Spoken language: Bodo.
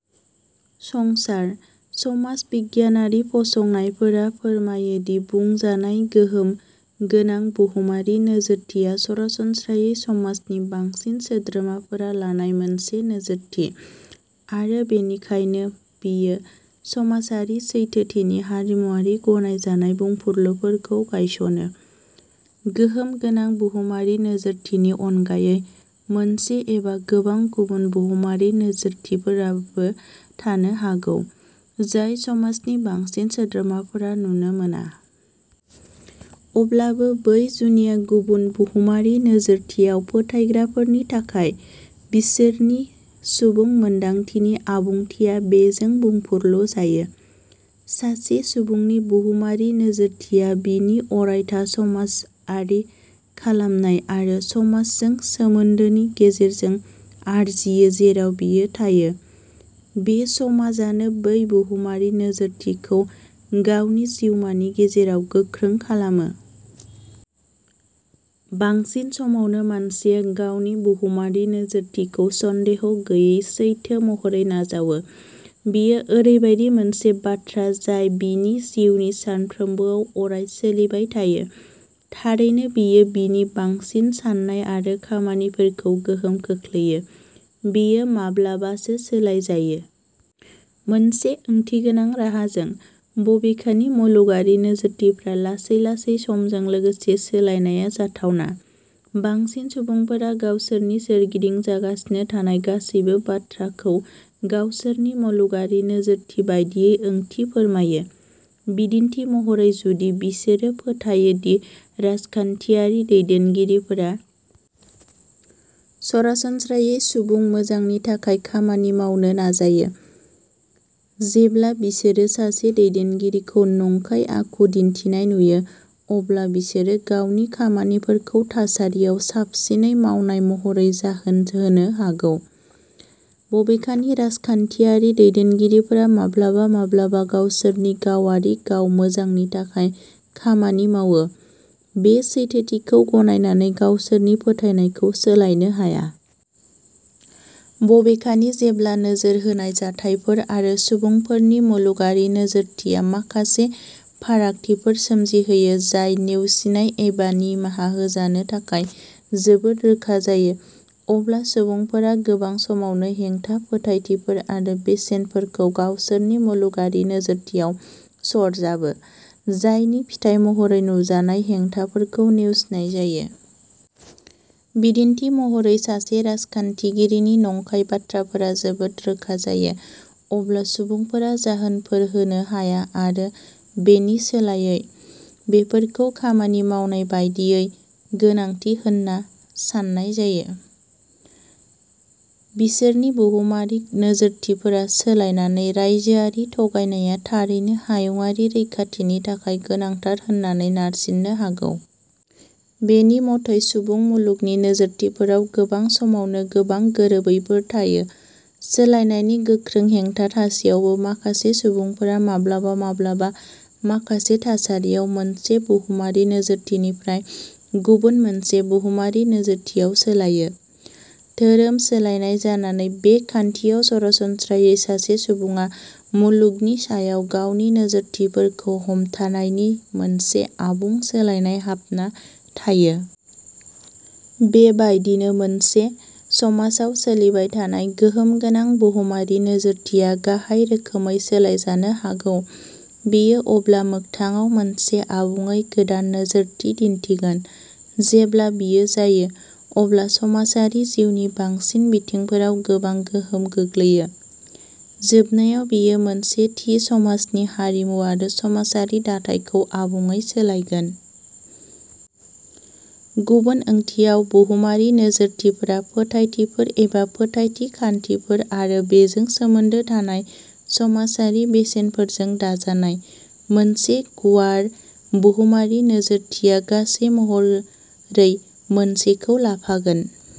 संसार, समाज बिगियानारि फरायसंनायफोरा फोरमायो दि बुंजानाय गोहोम गोनां बुहुमारि नोजोरथिया सरासनस्रायै समाजनि बांसिन सोद्रोमाफोरा लानाय मोनसे नोजोरथि, आरो बेनिखायनो बेयो समाजारि सैथोथिनि हारिमुआरि गनायजानाय बुंफुरलुफोरखौ गायसनो। गोहोम गोनां बुहुमारि नोजोरथिनि अनगायै, मोनसे एबा गोबां गुबुन बुहुमारि नोजोरथिफोरबो थानो हागौ, जाय समाजनि बांसिन सोद्रोमाफोरा नुनो मोना। अब्लाबो, बै जुनिया गुबुन बुहुमारि नोजोरथियाव फोथायग्राफोरनि थाखाय, बिसोरनि सुबुं रोंमोन्दांथिनि आबुंथिया बेजों बुंफुरलु जायो। सासे सुबुंनि बुहुमारि नोजोरथिया बिनि अरायथा समाजआरि खालामनाय आरो समाजजों सोमोनदोनि गेजेरजों आरजियो जेराव बियो थायो। बे समाजानो बे बुहुमारि नोजोरथिखौ गावनि जिउमानि गेजेराव गोख्रों खालामो। बांसिन समावनो, मानसिया गावनि बुहुमारि नोजोरथिखौ सन्देह गैयै सैथो महरै नाजावो। बेयो ओरैबायदि मोनसे बाथ्रा जाय बिनि जिउनि सानफ्रोमबोआव अराय-सोलिबाय थायो। थारैनो, बेयो बिनि बांसिन साननाय आरो खामानिफोरखौ गोहोम खोख्लैयो। बेयो माब्लाबासो सोलायजायो। मोनसे ओंथिगोनां राहाजों। बबेखानि, मुलुगारि नोजोरथिफोरा लासै-लासै समजों लोगोसे सोलायनाया जाथावना। बांसिन सुबुंफोरा गावसोरनि सोरगिदिं जागासिनो थानाय गासैबो बाथ्राखौ गावसोरनि मुलुगारि नोजोरथि बायदियै ओंथि फोरमायो। बिदिन्थि महरै, जुदि बिसोरो फोथायो दि राजखान्थियारि दैदेनगिरिफोरा सरासनस्रायै सुबुं मोजांनि थाखाय खामानि मावनो नाजायो, जेब्ला बिसोरो सासे दैदेनगिरिखौ नंखाय आखु दिन्थिनाय नुयो, अब्ला बिसोरो गावनि खामानिफोरखौ थासारियाव साबसिनै मावनाय'महरै जाहोन होनो हागौ, बबेखानि राजखान्थियारि दैदेनगिरिफोरा माब्लाबा-माब्लाबा गावसोरनि गावारि गाव मोजांनि थाखाय खामानि मावो बे सैथोथिखौ गनायनानै गावसोरनि फोथायनायखौ सोलायनो हाया। बबेखानि, जेब्ला नोजोर होनाय जाथायफोर आरो सुबुंफोरनि मुलुगारि नोजोरथिया माखासे फारागथिफोर सोमजिहोयो जाय नेवसिनाय एबा निमाहा होजानो थाखाय जोबोद रोखा जायो, अब्ला सुबुंफोरा गोबां समावनो हेंथा फोथायथिफोर आरो बेसेनफोरखौ गावसोरनि मुलुगारि नोजोरथियाव सरजाबो जायनि फिथाय महरै नुजानाय हेंथाफोरखौ नेवसिनाय जायो। बिदिन्थि महरै, जुदि सासे राजखान्थिगिरिनि नंखाय बाथ्राफोरा जोबोद रोखा जायो, अब्ला सुबुंफोरा जाहोनफोर होनो हाया आरो बेनि सोलायै। बेफोरखौ खामानि मावनाय बादियै गोनांथि होन्ना सान्नाय जायो। बिसोरनि बुहुमारि नोजोरथिफोरा सोलायनानै राइजोआरि थगायनाया थारैनो'हायुंआरि रैखाथि'नि थाखाय गोनांथार होननानै नारसिननो हागौ। बेनि मथै सुबुं मुलुगनि नोजोरथिफोराव गोबां समावनो गोबां गोरोबैफोर थायो। सोलायनायनि गोख्रों हेंथा थासेयावबो माखासे सुबुंफोरा माब्लाबा माब्लाबा माखासे थासारियाव मोनसे बुहुमारि नोजोरथिनिफ्राय गुबुन मोनसे बुहुमारि नोजोरथियाव सोलायो।'धोरोम सोलायनाय जानानै बे खान्थियाव सरासनस्रायै सासे सुबुङा मुलुगनि सायाव गावनि नोजोरथिफोरखौ हमथानायनि मोनसे आबुं सोलायनाय हाबना थायो। बेबायदिनो मोनसे समाजाव सोलिबाय थानाय गोहोम गोनां बुहुमारि नोजोरथिया गाहाय रोखोमै सोलायजानो हागौ। बेयो अब्ला मोगथाङाव मोनसे आबुङै गोदान नोजोरथि दिन्थिगोन। जेब्ला बेयो जायो, अब्ला समाजारि जिउनि बांसिन बिथिंफोराव गोबां गोहोम गोग्लैयो। जोबनायाव, बेयो मोनसे थि समाजनि हारिमु आरो समाजारि दाथायखौ आबुङै सोलायगोन। गुबुन ओंथियाव, बुहुमारि नोजोरथिफोरा फोथायथिफोर एबा फोथायथि खान्थिफोर आरो बेजों सोमोन्दो थानाय समाजारि बेसेनफोरजों दाजानाय। मोनसे गुवार बुहुमारि नोजोरथिया, गासै महरै मोनसेखौ लाफागोन।